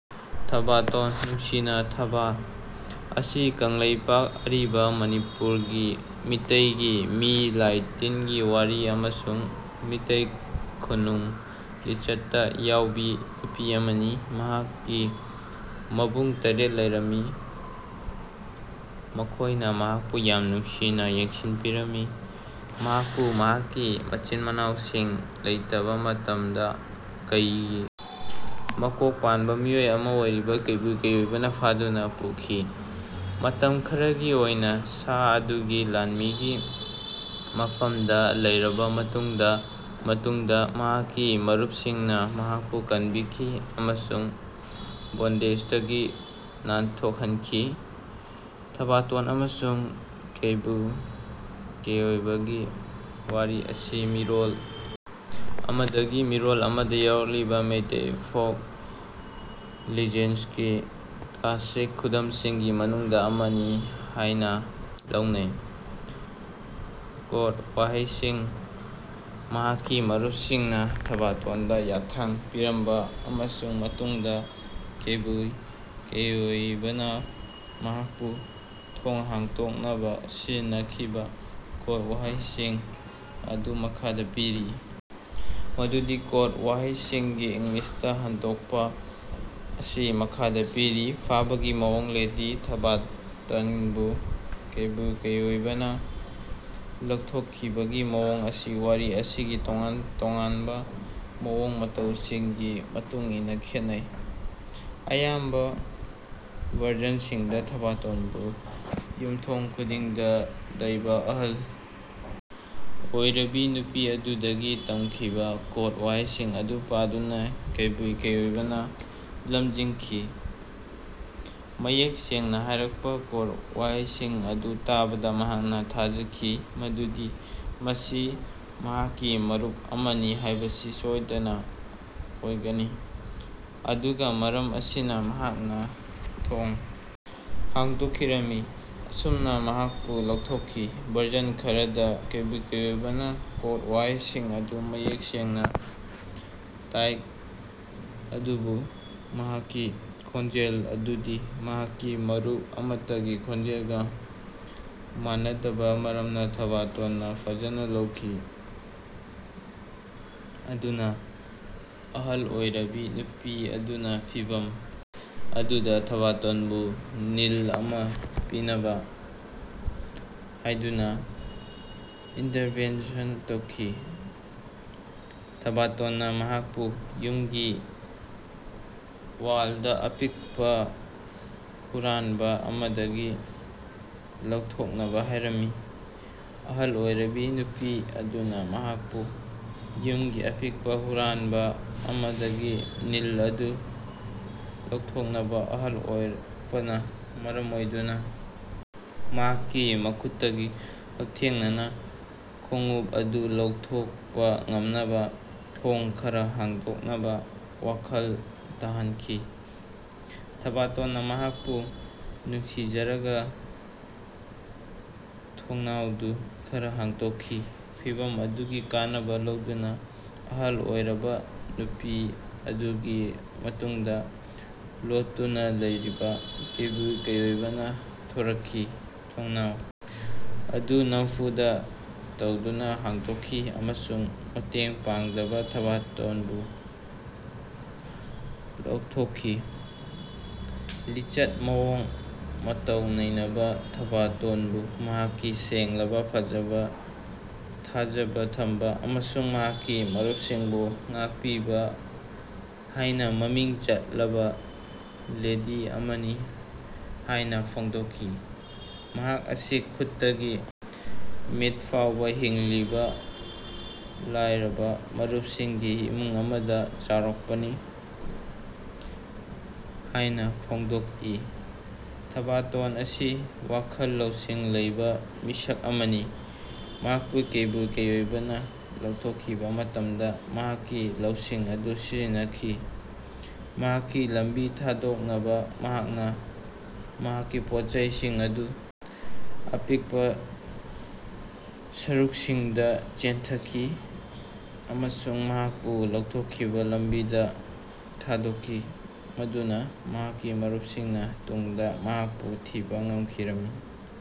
ꯊꯕꯥꯇꯣꯟ, ꯅꯨꯡꯁꯤꯅꯥ ꯊꯕꯥ, ꯑꯁꯤ ꯀꯪꯂꯩꯄꯥꯛ (ꯑꯔꯤꯕ ꯃꯅꯤꯄꯨꯔ)ꯒꯤ ꯃꯤꯇꯩꯒꯤ ꯃꯤ ꯂꯥꯢ ꯇꯤꯟꯒꯤ ꯋꯥꯔꯤ ꯑꯃꯁꯨꯡ ꯃꯤꯇꯩ ꯈꯨꯟꯅꯨꯡ ꯂꯤꯆꯠꯇ ꯌꯥꯎꯕꯤ ꯅꯨꯄꯤ ꯑꯃꯅꯤ꯫ ꯃꯍꯥꯛꯀꯤ ꯃꯕꯨꯡ ꯇꯔꯦꯠ꫰ꯂꯩꯔꯝꯃꯤ꯫ ꯃꯈꯣꯏꯅ ꯃꯍꯥꯛꯄꯨ ꯌꯥꯝꯅ ꯅꯨꯡꯁꯤꯅ ꯌꯦꯡꯁꯤꯟꯕꯤꯔꯝꯃꯤ꯫ ꯃꯍꯥꯛꯄꯨ ꯃꯍꯥꯛꯀꯤ ꯃꯆꯤꯟ-ꯃꯅꯥꯎꯁꯤꯡ ꯂꯩꯇꯕ ꯃꯇꯝꯗ ꯀꯩꯒꯤ ꯃꯀꯣꯛ ꯄꯥꯟꯕ ꯃꯤꯑꯣꯏ ꯑꯃ ꯑꯣꯏꯔꯤꯕ ꯀꯩꯕꯨ ꯀꯩꯑꯣꯢꯕꯅ ꯐꯥꯗꯨꯅ ꯄꯨꯈꯤ꯫ ꯃꯇꯝ ꯈꯔꯒꯤ ꯑꯣꯏꯅꯥ ꯁꯥ ꯑꯗꯨꯒꯤ ꯂꯥꯟꯃꯤꯒꯤ ꯃꯐꯝꯗꯥ ꯂꯩꯔꯕꯥ ꯃꯇꯨꯡꯗꯥ ꯃꯇꯨꯡꯗꯥ ꯃꯍꯥꯛꯀꯤ ꯃꯔꯨꯞꯁꯤꯡꯅꯥ ꯃꯍꯥꯛꯄꯨ ꯀꯟꯕꯤꯈꯤ ꯑꯃꯁꯨꯡ ꯕꯣꯟꯗꯦꯖꯗꯒꯤ ꯅꯥꯟꯊꯣꯀꯍꯟꯈꯤ꯫ ꯊꯥꯕꯇꯣꯟ ꯑꯃꯁꯨꯡ ꯀꯩꯕꯨ ꯀꯦꯏꯑꯣꯏꯕꯥꯒꯤ ꯋꯥꯔꯤ ꯑꯁꯤ ꯃꯤꯔꯣꯜ ꯑꯃꯗꯒꯤ ꯃꯤꯔꯣꯜ ꯑꯃꯗꯥ ꯌꯧꯔꯛꯂꯤꯕꯥ ꯃꯩꯇꯩ ꯐꯣꯛ ꯂꯤꯖꯦꯟꯁꯀꯤ ꯀ꯭ꯂꯥꯁꯤꯛ ꯈꯨꯗꯝꯁꯤꯡꯒꯤ ꯃꯅꯨꯡꯗꯥ ꯑꯃꯅꯤ ꯍꯥꯌꯅꯥ ꯂꯧꯅꯩ꯫ ꯀꯣꯗ ꯋꯥꯍꯩꯁꯤꯡ ꯃꯍꯥꯛꯀꯤ ꯃꯔꯨꯄꯁꯤꯡꯅꯥ ꯊꯥꯕꯇꯣꯟꯗꯥ ꯌꯥꯊꯪ ꯄꯤꯔꯝꯕꯥ ꯑꯃꯁꯨꯡ ꯃꯇꯨꯡꯗꯥ ꯀꯦꯏꯕꯨ ꯀꯦꯏꯑꯣꯏꯕꯥꯅ ꯃꯍꯥꯀꯄꯨ ꯊꯣꯡ ꯍꯥꯡꯗꯣꯛꯅꯕꯥ ꯁꯤꯖꯤꯟꯅꯈꯤꯕꯥ ꯀꯣꯗ ꯋꯥꯍꯩꯁꯤꯡ ꯑꯗꯨ ꯃꯈꯥꯗꯥ ꯄꯤꯔꯤ ꯃꯗꯨꯗꯤ ꯀꯣꯗ ꯋꯥꯍꯩꯁꯤꯡꯒꯤ ꯏꯪꯂꯤꯁꯇꯥ ꯍꯟꯗꯣꯀꯄꯥ ꯑꯁꯤ ꯃꯈꯥꯗꯥ ꯄꯤꯔꯤ ꯐꯥꯕꯒꯤ ꯃꯑꯣꯡ ꯂꯦꯗꯤ ꯊꯥꯕꯇꯟꯕꯨ ꯀꯦꯏꯕꯨ ꯀꯦꯏꯑꯣꯏꯕꯥꯅꯥ ꯂꯧꯊꯣꯛꯈꯤꯕꯒꯤ ꯃꯑꯣꯡ ꯑꯁꯤ ꯋꯥꯔꯤ ꯑꯁꯤꯒꯤ ꯇꯣꯉꯥꯟ ꯇꯣꯉꯥꯅꯕꯥ ꯃꯑꯣꯡ ꯃꯇꯧꯁꯤꯡꯒꯤ ꯃꯇꯨꯡ ꯏꯟꯅꯥ ꯈꯦꯠꯅꯩ꯫ ꯑꯌꯥꯝꯕꯥ ꯚꯔꯖꯟꯁꯤꯡꯗꯥ ꯊꯥꯕꯇꯣꯟꯕꯨ ꯌꯨꯃꯊꯣꯡ ꯈꯨꯗꯤꯡꯗꯥ ꯂꯩꯕꯥ ꯑꯍꯜ ꯑꯣꯏꯔꯕꯤ ꯅꯨꯄꯤ ꯑꯗꯨꯗꯒꯤ ꯇꯝꯈꯤꯕꯥ ꯀꯣꯗ ꯋꯥꯍꯩꯁꯤꯡ ꯑꯗꯨ ꯄꯥꯗꯨꯅꯥ ꯀꯩꯕꯨ ꯀꯩꯑꯣꯏꯕꯥꯅꯥ ꯂꯝꯖꯤꯡꯈꯤ꯫ ꯃꯌꯦꯛ ꯁꯦꯡꯅꯥ ꯍꯥꯏꯔꯛꯄꯥ ꯀꯣꯗ ꯋꯥꯍꯩꯁꯤꯡ ꯑꯗꯨ ꯇꯥꯕꯗꯥ ꯃꯍꯥꯛꯅꯥ ꯊꯥꯖꯈꯤ ꯃꯗꯨꯗꯤ ꯃꯁꯤ ꯃꯍꯥꯛꯀꯤ ꯃꯔꯨꯞ ꯑꯃꯅꯤ ꯍꯥꯏꯕꯁꯤ ꯁꯣꯏꯗꯅꯥ ꯑꯣꯏꯒꯅꯤ꯫ ꯑꯗꯨꯒ ꯃꯔꯝ ꯑꯁꯤꯅꯥ, ꯃꯍꯥꯛꯅ ꯊꯣꯡ ꯍꯥꯡꯗꯣꯛꯈꯤꯔꯝꯃꯤ꯫ ꯑꯁꯨꯝꯅꯥ ꯃꯍꯥꯛꯄꯨ ꯂꯧꯊꯣꯛꯈꯤ꯫ ꯚꯔꯖꯟ ꯈꯔꯗꯥ ꯀꯩꯕꯨ ꯀꯩꯑꯣꯏꯕꯥꯅ ꯀꯣꯗ ꯋꯥꯍꯩꯁꯤꯡ ꯑꯗꯨ ꯃꯌꯦꯛ ꯁꯦꯡꯅꯥ ꯇꯥꯛꯏ ꯑꯗꯨꯕꯨ ꯃꯍꯥꯛꯀꯤ ꯈꯣꯟꯖꯦꯜ ꯑꯗꯨꯗꯤ ꯃꯍꯥꯛꯀꯤ ꯃꯔꯨꯞ ꯑꯃꯠꯇꯒꯤ ꯈꯣꯟꯖꯦꯜꯒꯥ ꯃꯥꯟꯅꯗꯕ ꯃꯔꯝꯅꯥ ꯊꯥꯕꯇꯣꯟꯅꯥ ꯐꯖꯅ ꯂꯧꯈꯤ꯫ ꯑꯗꯨꯅꯥ, ꯑꯍꯜ ꯑꯣꯏꯔꯕꯤ ꯅꯨꯄꯤ ꯑꯗꯨꯅꯥ ꯐꯤꯚꯝ ꯑꯗꯨꯗꯥ ꯊꯕꯇꯣꯟꯕꯨ ꯅꯤꯜ ꯑꯃꯥ ꯄꯤꯅꯕꯥ ꯍꯥꯏꯗꯨꯅꯥ ꯏꯟꯇꯔꯚꯦꯟꯁꯟ ꯇꯧꯈꯤ꯫ ꯊꯥꯕꯇꯣꯟꯅꯥ ꯃꯍꯥꯛꯄꯨ ꯌꯨꯝꯒꯤ ꯋꯥꯂꯗꯥ ꯑꯄꯤꯛꯄꯥ ꯍꯨꯔꯥꯟꯕ ꯑꯃꯗꯒꯤ ꯂꯧꯊꯣꯛꯅꯕꯥ ꯍꯥꯏꯔꯝꯃꯤ꯫ ꯑꯍꯜ ꯑꯣꯏꯔꯕꯤ ꯅꯨꯄꯤ ꯑꯗꯨꯅꯥ ꯃꯍꯥꯛꯄꯨ ꯌꯨꯃꯒꯤ ꯑꯄꯤꯛꯄꯥ ꯍꯨꯔꯥꯟꯕꯥ ꯑꯃꯗꯒꯤ ꯅꯤꯜ ꯑꯗꯨ ꯂꯧꯊꯣꯛꯅꯕꯥ ꯑꯍꯜ ꯑꯣꯏꯔꯛꯄꯅꯥ ꯃꯔꯝ ꯑꯣꯏꯗꯨꯅꯥ ꯃꯍꯥꯛꯀꯤ ꯃꯈꯨꯠꯇꯒꯤ ꯍꯛꯊꯦꯡꯅꯅꯥ ꯈꯣꯉꯎꯞ ꯑꯗꯨ ꯂꯧꯊꯣꯀꯄꯥ ꯉꯝꯅꯕꯥ ꯊꯣꯉ ꯈꯔꯥ ꯍꯥꯡꯗꯣꯛꯅꯕꯥ ꯋꯥꯈꯜ ꯇꯥꯍꯅꯈꯤ꯫ ꯊꯥꯕꯇꯣꯟꯅꯥ ꯃꯍꯥꯛꯄꯨ ꯅꯨꯡꯁꯤꯖꯔꯒꯥ ꯊꯣꯡꯅꯥꯎꯗꯨ ꯈꯔꯥ ꯍꯥꯡꯗꯣꯛꯈꯤ꯫ ꯐꯤꯚꯝ ꯑꯗꯨꯒꯤ ꯀꯥꯟꯅꯕꯥ ꯂꯧꯗꯨꯅꯥ ꯑꯍꯜ ꯑꯣꯏꯔꯕꯥ ꯅꯨꯄꯤ ꯑꯗꯨꯒꯤ ꯃꯇꯨꯡꯗꯥ ꯂꯣꯠꯇꯨꯅꯥ ꯂꯩꯔꯤꯕꯥ ꯀꯩꯕꯨ ꯀꯩꯑꯣꯏꯕꯥꯅ ꯊꯣꯔꯛꯈꯤ, ꯊꯣꯡꯅꯥꯎ ꯑꯗꯨ ꯅꯥꯝꯐꯨꯗ ꯇꯧꯗꯨꯅꯥ ꯍꯥꯡꯗꯣꯛꯈꯤ ꯑꯃꯁꯨꯡ ꯃꯇꯦꯡ ꯄꯥꯡꯗꯕ ꯊꯥꯕꯇꯣꯟꯕꯨ ꯂꯧꯊꯣꯛꯈꯤ꯫ ꯂꯤꯆꯠ ꯃꯑꯣꯡ ꯃꯇꯧ ꯅꯩꯅꯕ ꯊꯥꯕꯇꯣꯅꯕꯨ ꯃꯍꯥꯛꯀꯤ ꯁꯦꯡꯂꯕꯥ, ꯐꯖꯕꯥ, ꯊꯥꯖꯕꯥ ꯊꯝꯕꯥ ꯑꯃꯁꯨꯡ ꯃꯍꯥꯛꯀꯤ ꯃꯔꯨꯞꯁꯤꯡꯕꯨ ꯉꯥꯛꯄꯤꯕꯥ ꯍꯥꯏꯅꯥ ꯃꯃꯤꯡ ꯆꯠꯂꯕꯥ ꯂꯦꯗꯤ ꯑꯃꯅꯤ ꯍꯥꯌꯅꯥ ꯐꯣꯡꯗꯣꯛꯈꯤ꯫ ꯃꯍꯥꯛ ꯑꯁꯤ ꯈꯨꯠꯇꯒꯤ ꯃꯤꯠ ꯐꯥꯎꯕꯥ ꯍꯤꯡꯂꯤꯕ ꯂꯥꯏꯔꯕ ꯃꯔꯨꯞꯁꯤꯡꯒꯤ ꯏꯃꯨꯡ ꯑꯃꯗ ꯆꯥꯎꯔꯛꯄꯅꯤ ꯍꯥꯌꯅꯥ ꯐꯣꯡꯗꯣꯛꯏ꯫ ꯊꯥꯕꯇꯣꯟ ꯑꯁꯤ ꯋꯥꯈꯜ ꯂꯧꯁꯤꯡ ꯂꯩꯕꯥ ꯃꯤꯁꯛ ꯑꯃꯅꯤ꯫ ꯃꯍꯥꯛꯄꯨ ꯀꯩꯕꯨ ꯀꯩꯑꯣꯏꯕꯥꯅ ꯂꯧꯊꯣꯛꯈꯤꯕ ꯃꯇꯝꯗꯥ ꯃꯍꯥꯛꯀꯤ ꯂꯧꯁꯤꯡ ꯑꯗꯨ ꯁꯤꯖꯤꯟꯅꯈꯤ꯫ ꯃꯍꯥꯛꯀꯤ ꯂꯝꯕꯤ ꯊꯥꯗꯣꯛꯅꯕꯥ ꯃꯍꯥꯛꯅꯥ ꯃꯍꯥꯛꯀꯤ ꯄꯣꯠꯆꯩꯁꯤꯡ ꯑꯗꯨ ꯑꯄꯤꯛꯄꯥ ꯁꯔꯨꯛꯁꯤꯡꯗꯥ ꯆꯦꯟꯊꯈꯤ ꯑꯃꯁꯨꯡ ꯃꯍꯥꯛꯄꯨ ꯂꯧꯊꯣꯛꯈꯤꯕ ꯂꯝꯕꯤꯗ ꯊꯥꯗꯣꯛꯈꯤ ꯃꯗꯨꯅ ꯃꯍꯥꯛꯀꯤ ꯃꯔꯨꯄꯁꯤꯡꯅ ꯇꯨꯡꯗ ꯃꯍꯥꯛꯄꯨ ꯊꯤꯕꯥ ꯉꯝꯈꯤꯔꯝꯃꯤ꯫